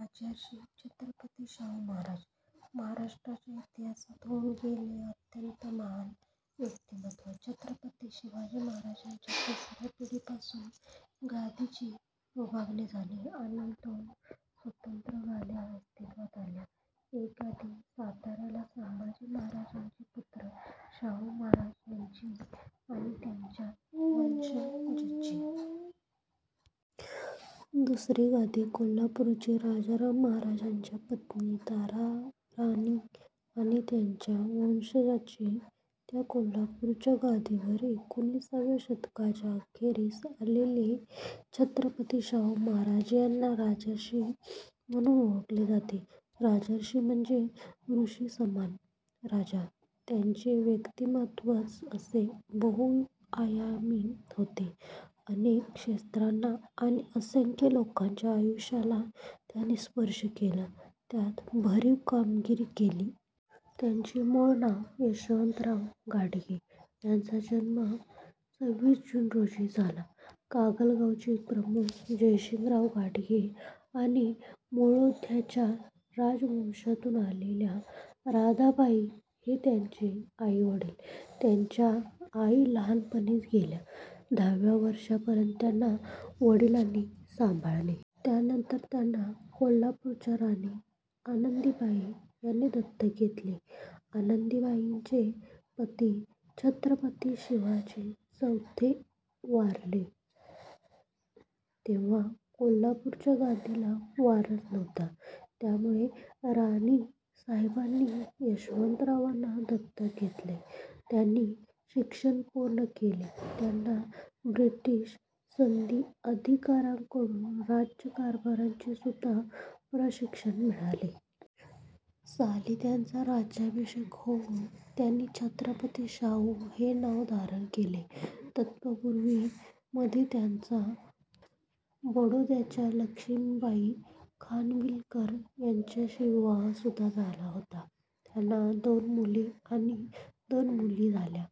राजर्षी छत्रपती शाहु महाराज. महाराष्ट्राच्या इतिहासात होऊन गेलेले अत्यंत महान व्यक्तिमत्व. छत्रपती शिवाजी महाराजांच्या तिसऱ्या पिढीपासून गादीची विभागणी झाली आणि दोन स्वतंत्र गाद्या अस्तित्वात आल्या. एक गादी साताऱ्याला संभाजी महाराजांचे पुत्र शाहु महाराज यांची आणि त्यांच्या वंशजांची. दुसरी गादी कोल्हापूरची राजाराम महाराजांच्या पत्नी ताराराणी आणि त्यांच्या वंशजांची. त्या कोल्हापूरच्या गादीवर एकोणिसाव्या शतकाच्या अखेरीस आलेले छत्रपती शाहु महाराज यांना राजर्षी म्हणुन ओळखले जाते. राजर्षी म्हणजे ऋषीसमान राजा. त्यांचे व्यक्तिमत्वच असे बहुआयामी होते, अनेक क्षेत्रांना आणि असंख्य लोकांच्या आयुष्याला त्यांनी स्पर्श केला, त्यात भरीव कामगिरी केली. त्यांचे मूळ नाव यशवंतराव घाटगे. त्यांचा जन्म सव्वीस जुन रोजी झाला. कागल गावचे प्रमुख जयसिंगराव घाटगे आणि मुधोळच्या राजवंशातुन आलेल्या राधाबाई हे त्यांचे आईवडील. त्यांच्या आई लहानपणीच गेल्या. दहाव्या वर्षापर्यंत त्यांना वडिलांनी सांभाळले. त्यानंतर त्यांना कोल्हापूरच्या राणी आनंदीबाई यांनी दत्तक घेतले. आनंदीबाईंचे पती छत्रपती शिवाजी चौथे वारले तेव्हा कोल्हापूरच्या गादीला वारस नव्हता. त्यामुळे राणीसाहेबांनी यशवंतरावांना दत्तक घेतले. त्यांनी शिक्षण पूर्ण केले. त्यांना ब्रिटिश सनदी अधिकाऱ्यांकडून राज्य कारभाराचे सुद्धा प्रशिक्षण मिळाले. साली त्यांचा राज्याभिषेक होऊन त्यांनी छत्रपती शाहू हे नाव धारण केले. तत्पूर्वी मध्ये त्यांचा बडोद्याच्या लक्ष्मीबाई खानविलकर यांच्याशी विवाहसुद्धा झाला होता. त्यांना दोन मुले आणि दोन मुली झाल्या.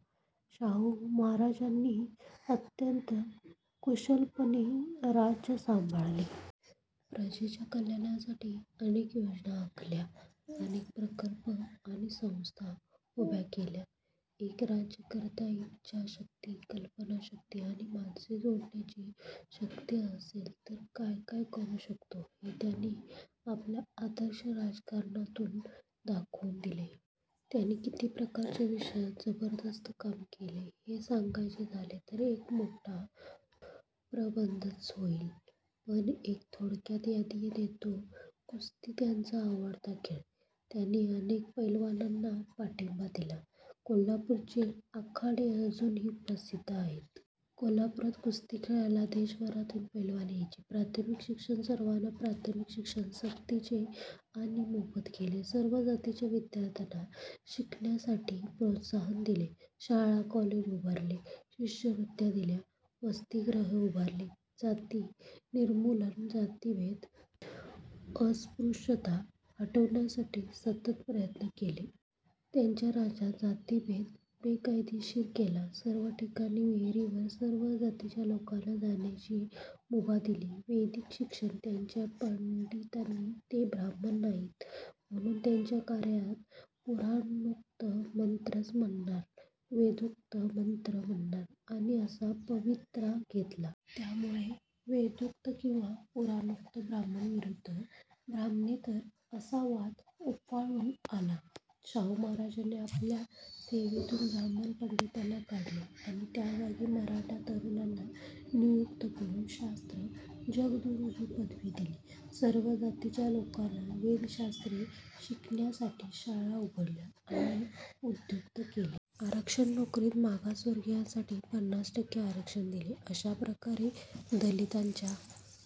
शाहु महाराजांनी अत्यंत कुशलपणे राज्य सांभाळले. प्रजेच्या कल्याणासाठी अनेक योजना आखल्या. अनेक प्रकल्प आणि संस्था उभ्या केल्या. एक राज्यकर्ता इच्छा शक्ती, कल्पनाशक्ती आणि माणसे जोडण्याची शक्ती असले तर काय काय करू शकतो हे त्यांनी आपल्या आदर्श राज्यकारभारातुन दाखवुन दिले. त्यांनी किती प्रकारच्या विषयात जबरदस्त काम केले हे सांगायचे झाले तर एक मोठा प्रबंधच होईल. पण एक थोडक्यात यादी देतो. कुस्ती. त्यांचा आवडता खेळ. त्यांनी अनेक पैलवानांना पाठिंबा दिला. कोल्हापूरचे आखाडे अजूनही प्रसिद्ध आहेत. कोल्हापुरात कुस्ती खेळायला देशभरातून पैलवान यायचे. प्राथमिक शिक्षण सर्वांना प्राथमिक शिक्षण सक्तीचे आणि मोफत केले. सर्व जातीच्या विद्यार्थ्यांना शिकण्यासाठी प्रोत्साहन दिले. शाळा कॉलेज उभारले. शिष्यवृत्त्या दिल्या. वसतिगृहे उभारली. जाती निर्मूलन जातीभेद, अस्पृश्यता हटवण्यासाठी सतत प्रयत्न केले. त्यांच्या राज्यात जातीभेद बेकायदेशीर केला. सर्व ठिकाणी, विहिरींवर सर्व जातीच्या लोकांना जाण्याची मुभा दिली. वेदिक शिक्षण: त्यांच्या पंडितांनी ते ब्राह्मण नाहीत म्हणुन त्यांच्या कार्यात पुराणोक्त मंत्रच म्हणणार वेदोक्त मंत्र म्हणणार नाही असा पवित्रा घेतला. त्यामुळे वेदोक्त कि पुराणोक्त, ब्राह्मण विरुद्ध ब्राह्मणेतर असा वाद उफाळून आला. शाहु महाराजांनी आपल्या सेवेतुन ब्राह्मण पंडितांना काढले आणि त्याजागी मराठा तरुणांना नियुक्त करून क्षात्र जगद्गुरू हि पदवी दिली. सर्व जातीच्या लोकांना वेदशास्त्रे शिकण्यासाठी शाळा उघडल्या आणि उद्युक्त केले. आरक्षण नोकरीत मागासवर्गीयांसाठी पन्नास टक्के आरक्षण दिले. अशा प्रकारे दलितांच्या